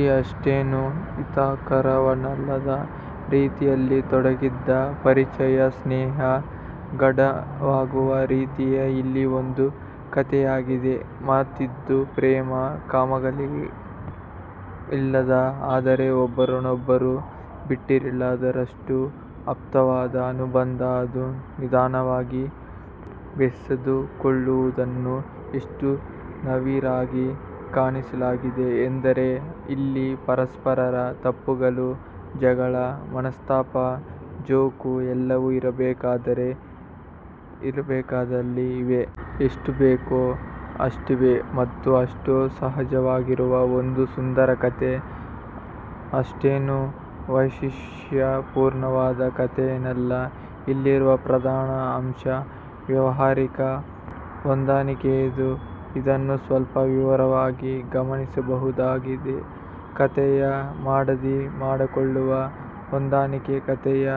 ಈ ಅಷ್ಟೇನೂ ಹಿತಕರವಲ್ಲದ ರೀತಿಯಲ್ಲಿ ತೊಡಗಿದ ಪರಿಚಯ-ಸ್ನೇಹ ಗಾಢವಾಗುವ ರೀತಿಯೇ ಇಲ್ಲಿ ಒಂದು ಕತೆಯಾಗಿದೆ. ಮತ್ತಿದು ಪ್ರೇಮ-ಕಾಮಗಳಿಲ್ಲದ ಆದರೆ ಒಬ್ಬರನ್ನೊಬ್ಬರು ಬಿಟ್ಟಿರಲಾರದಷ್ಟು ಆಪ್ತವಾದ ಅನುಬಂಧ. ಅದು ನಿಧಾನವಾಗಿ ಬೆಸೆದುಕೊಳ್ಳುವುದನ್ನು ಎಷ್ಟು ನವಿರಾಗಿ ಕಾಣಿಸಲಾಗಿದೆ ಎಂದರೆ ಇಲ್ಲಿ ಪರಸ್ಪರರ ತಪ್ಪುಗಳು, ಜಗಳ, ಮನಸ್ತಾಪ, ಜೋಕು ಎಲ್ಲವೂ ಇರಬೇಕಾದಲ್ಲಿ ಇವೆ. ಎಷ್ಟು ಬೇಕೊ ಅಷ್ಟಿವೆ ಮತ್ತು ಅಷ್ಟೂ ಸಹಜವಾಗಿರುವ ಒಂದು ಸುಂದರ ಕತೆ. ಅಷ್ಟೇನೂ ವೈಶಿಷ್ಟ್ಯಪೂರ್ಣವಾದ ಕತೆಯೇನಲ್ಲ. ಇಲ್ಲಿರುವ ಪ್ರಧಾನ ಅಂಶ ವ್ಯಾವಹಾರಿಕ ಹೊಂದಾಣಿಕೆಯದು. ಇದನ್ನು ಸ್ವಲ್ಪ ವಿವರವಾಗಿ ಗಮನಿಸಬಹುದಾಗಿದೆ. ಕತೆಯ ಮಡದಿ ಮಾಡಿಕೊಳ್ಳುವ ಹೊಂದಾಣಿಕೆ ಕತೆಯ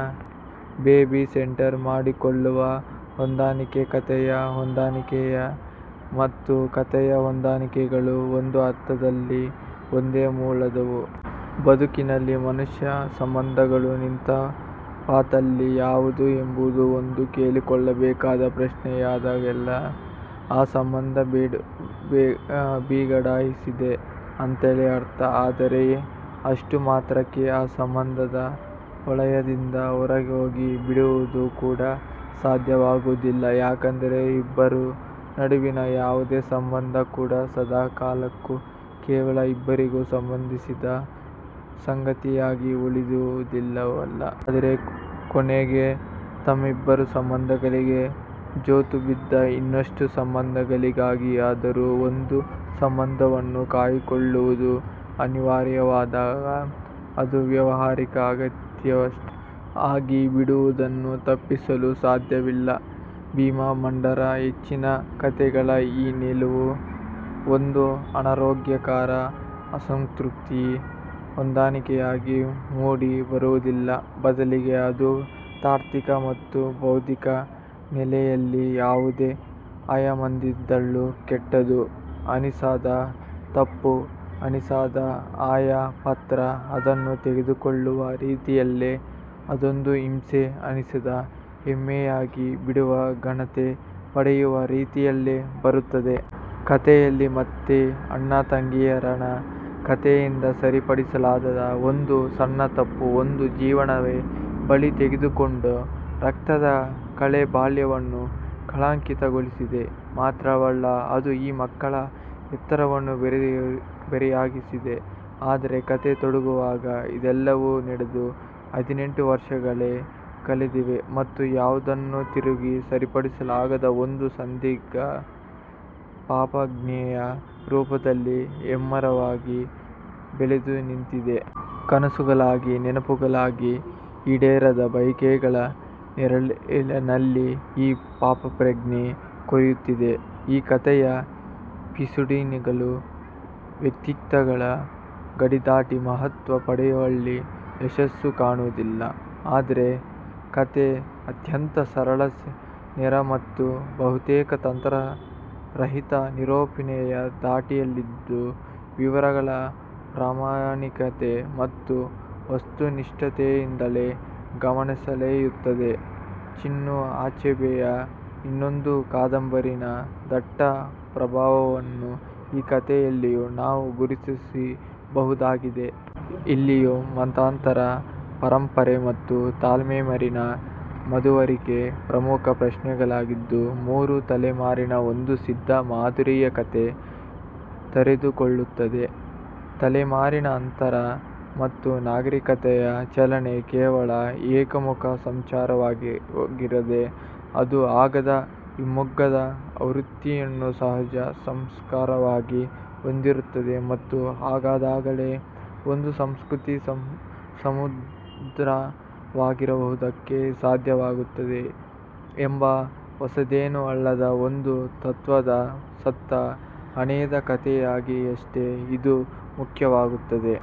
ಬೇಬಿಸಿಟ್ಟರ್ ಮಾಡಿಕೊಳ್ಳುವ ಹೊಂದಾಣಿಕೆ. ಕತೆಯ ಹೊಂದಾಣಿಕೆ ಮತ್ತು ಕತೆಯ ಹೊಂದಾಣಿಕೆಗಳು ಒಂದು ಅರ್ಥದಲ್ಲಿ ಒಂದೇ ಮೂಲದವು. ಬದುಕಿನಲ್ಲಿ ಮನುಷ್ಯ ಸಂಬಂಧಗಳು ನಿಂತ ಪಾತಳಿ ಯಾವುದು ಎಂಬುದು ಒಂದು ಕೇಳಿಕೊಳ್ಳಬೇಕಾದ ಪ್ರಶ್ನೆಯಾದಾಗಲೆಲ್ಲ ಆ ಸಂಬಂಧ ಬಿಗಡಾಯಿಸಿದೆ ಅಂತಲೇ ಅರ್ಥ. ಆದರೆ ಅಷ್ಟು ಮಾತ್ರಕ್ಕೆ ಆ ಸಂಬಂಧದ ವಲಯದಿಂದ ಹೊರಹೋಗಿ ಬಿಡುವುದು ಕೂಡ ಸಾಧ್ಯವಾಗುವುದಿಲ್ಲ. ಯಾಕೆಂದರೆ ಇಬ್ಬರ ನಡುವಿನ ಯಾವುದೇ ಸಂಬಂಧ ಕೂಡ ಸದಾ ಕಾಲಕ್ಕೂ ಕೇವಲ ಇಬ್ಬರಿಗೇ ಸಂಬಂಧಿಸಿದ ಸಂಗತಿಯಾಗಿ ಉಳಿದಿರುವುದಿಲ್ಲವಲ್ಲ. ಆದರೆ ಕೊನೆಗೆ ತಮ್ಮಿಬ್ಬರ ಸಂಬಂಧಗಳಿಗೆ ಜೋತುಬಿದ್ದ ಇನ್ನಷ್ಟು ಸಂಬಂಧಗಳಿಗಾಗಿಯಾದರೂ ಒಂದು ಸಂಬಂಧವನ್ನು ಕಾಯ್ದುಕೊಳ್ಳುವುದು ಅನಿವಾರ್ಯವಾದಾಗ ಅದು ವ್ಯಾವಹಾರಿಕ ಅಗತ್ಯವಷ್ಟೇ ಆಗಿ ಬಿಡುವುದನ್ನು ತಪ್ಪಿಸಲು ಸಾಧ್ಯವಿಲ್ಲ. ಚಿಮಾಮಾಂಡರ ಹೆಚ್ಚಿನ ಕತೆಗಳ ಈ ನಿಲುವು ಒಂದು ಅನಾರೋಗ್ಯಕರ-ಅಸಂತೃಪ್ತಿಯ ಹೊಂದಾಣಿಕೆಯಾಗಿ ಮೂಡಿ ಬರುವುದಿಲ್ಲ. ಬದಲಿಗೆ ಅದು ತಾರ್ಕಿಕ ಮತ್ತು ಬೌದ್ಧಿಕ ನೆಲೆಯಲ್ಲಿ ಯಾವುದೇ ಆಯಾಮದಿಂದಲೂ ಕೆಟ್ಟದು ಅನಿಸದ, ತಪ್ಪು ಅನಿಸದ, ಆಯಾ ಪಾತ್ರ ಅದನ್ನು ತೆಗೆದುಕೊಳ್ಳುವ ರೀತಿಯಲ್ಲೇ ಅದೊಂದು ಹಿಂಸೆ ಅನಿಸದ ಹೆಮ್ಮೆಯಾಗಿ ಬಿಡುವ ಘನತೆ ಪಡೆಯುವ ರೀತಿಯಲ್ಲೇ ಬರುತ್ತದೆ. ಕತೆಯಲ್ಲಿ ಮತ್ತೆ ಅಣ್ಣ-ತಂಗಿಯರ ನ ಕತೆಯಿದೆ. ಸರಿಪಡಿಸಲಾಗದ ಒಂದು ಸಣ್ಣ ತಪ್ಪು ಒಂದು ಜೀವವನ್ನೇ ಬಲಿ ತೆಗೆದುಕೊಂಡ ರಕ್ತದ ಕಲೆ ಬಾಲ್ಯವನ್ನು ಕಳಂಕಿತಗೊಳಿಸಿದೆ. ಮಾತ್ರವಲ್ಲ ಅದು ಈ ಮಕ್ಕಳ ಹೆತ್ತವರನ್ನೂ ಬೇರೆಯಾಗಿಸಿದೆ. ಆದರೆ ಕತೆ ತೊಡಗುವಾಗ ಇದೆಲ್ಲವೂ ನಡೆದು ಹದಿನೆಂಟು ವರ್ಷಗಳೇ ಕಳೆದಿವೆ ಮತ್ತು ಯಾವುದನ್ನೂ ತಿರುಗಿ ಸರಿಪಡಿಸಲಾಗದ ಒಂದು ಸಂದಿಗ್ಧ ಪಾಪಪ್ರಜ್ಞೆಯ ರೂಪದಲ್ಲಿ ಹೆಮ್ಮರವಾಗಿ ಬೆಳೆದುನಿಂತಿದೆ. ಕನಸುಗಳಾಗಿ, ನೆನಪುಗಳಾಗಿ, ಈಡೇರದ ಬಯಕೆಗಳ ನೆರಳಿನಲ್ಲಿ ಈ ಪಾಪಪ್ರಜ್ಞೆ ಕೊರೆಯುತ್ತಿದೆ. ಈ ಕತೆಯ ಪಿಸುನುಡಿಗಳು ವೈಯಕ್ತಿಕಗಳ ಗಡಿದಾಟಿ ಮಹತ್ವ ಪಡೆಯುವಲ್ಲಿ ಯಶಸ್ಸು ಕಾಣುವುದಿಲ್ಲ. ಆದರೆ, ಕತೆ ಅತ್ಯಂತ ಸರಳ-ನೇರ ಮತ್ತು ಬಹುತೇಕ ತಂತ್ರ ರಹಿತ ನಿರೂಪಣೆಯ ಧಾಟಿಯಲ್ಲಿದ್ದು ವಿವರಗಳ ಪ್ರಾಮಾಣಿಕತೆ ಮತ್ತು ವಸ್ತುನಿಷ್ಠತೆಯಿಂದಲೇ ಗಮನಸೆಳೆಯುತ್ತದೆ. ಚಿನು ಅಚೀಬೆಯ ಇನ್ನೊಂದು ಕಾದಂಬರಿ ನ ದಟ್ಟ ಪ್ರಭಾವವನ್ನು ಈ ಕತೆಯಲ್ಲಿಯೂ ನಾವು ಗುರುತಿಸಬಹುದಾಗಿದೆ. ಇಲ್ಲಿಯೂ ಮತಾಂತರ, ಪರಂಪರೆ ಮತ್ತು ತಲೆಮಾರಿನ ಮುಂದುವರಿಕೆ ಪ್ರಮುಖ ಪ್ರಶ್ನೆಗಳಾಗಿದ್ದು ಮೂರು ತಲೆಮಾರಿನ ಒಂದು ಸಿದ್ಧ ಮಾದರಿಯ ಕತೆ ತೆರೆದುಕೊಳ್ಳುತ್ತದೆ. ತಲೆಮಾರಿನ ಅಂತರ ಮತ್ತು ನಾಗರೀಕತೆಯ ಚಲನೆ ಕೇವಲ ಏಕಮುಖ ಸಂಚಾರವಾಗಿರದೆ ಅದು ಆಗಾಗ ಹಿಮ್ಮೊಗದ ಆವೃತ್ತಿಯನ್ನೂ ಸಹಜ ಸಂಸ್ಕಾರವಾಗಿ ಹೊಂದಿರುತ್ತದೆ ಮತ್ತು ಹಾಗಾದಾಗಲೇ ಒಂದು ಸಂಸ್ಕೃತಿ ಸಮೃದ್ಧವಾಗಿರುವುದಕ್ಕೆ ಸಾಧ್ಯವಾಗುತ್ತದೆ ಎಂಬ ಹೊಸದೇನೂ ಅಲ್ಲದ ಒಂದು ತತ್ವದ ಸುತ್ತ ಹೆಣೆದ ಕತೆಯಾಗಿಯಷ್ಟೇ ಇದು ಮುಖ್ಯವಾಗುತ್ತದೆ.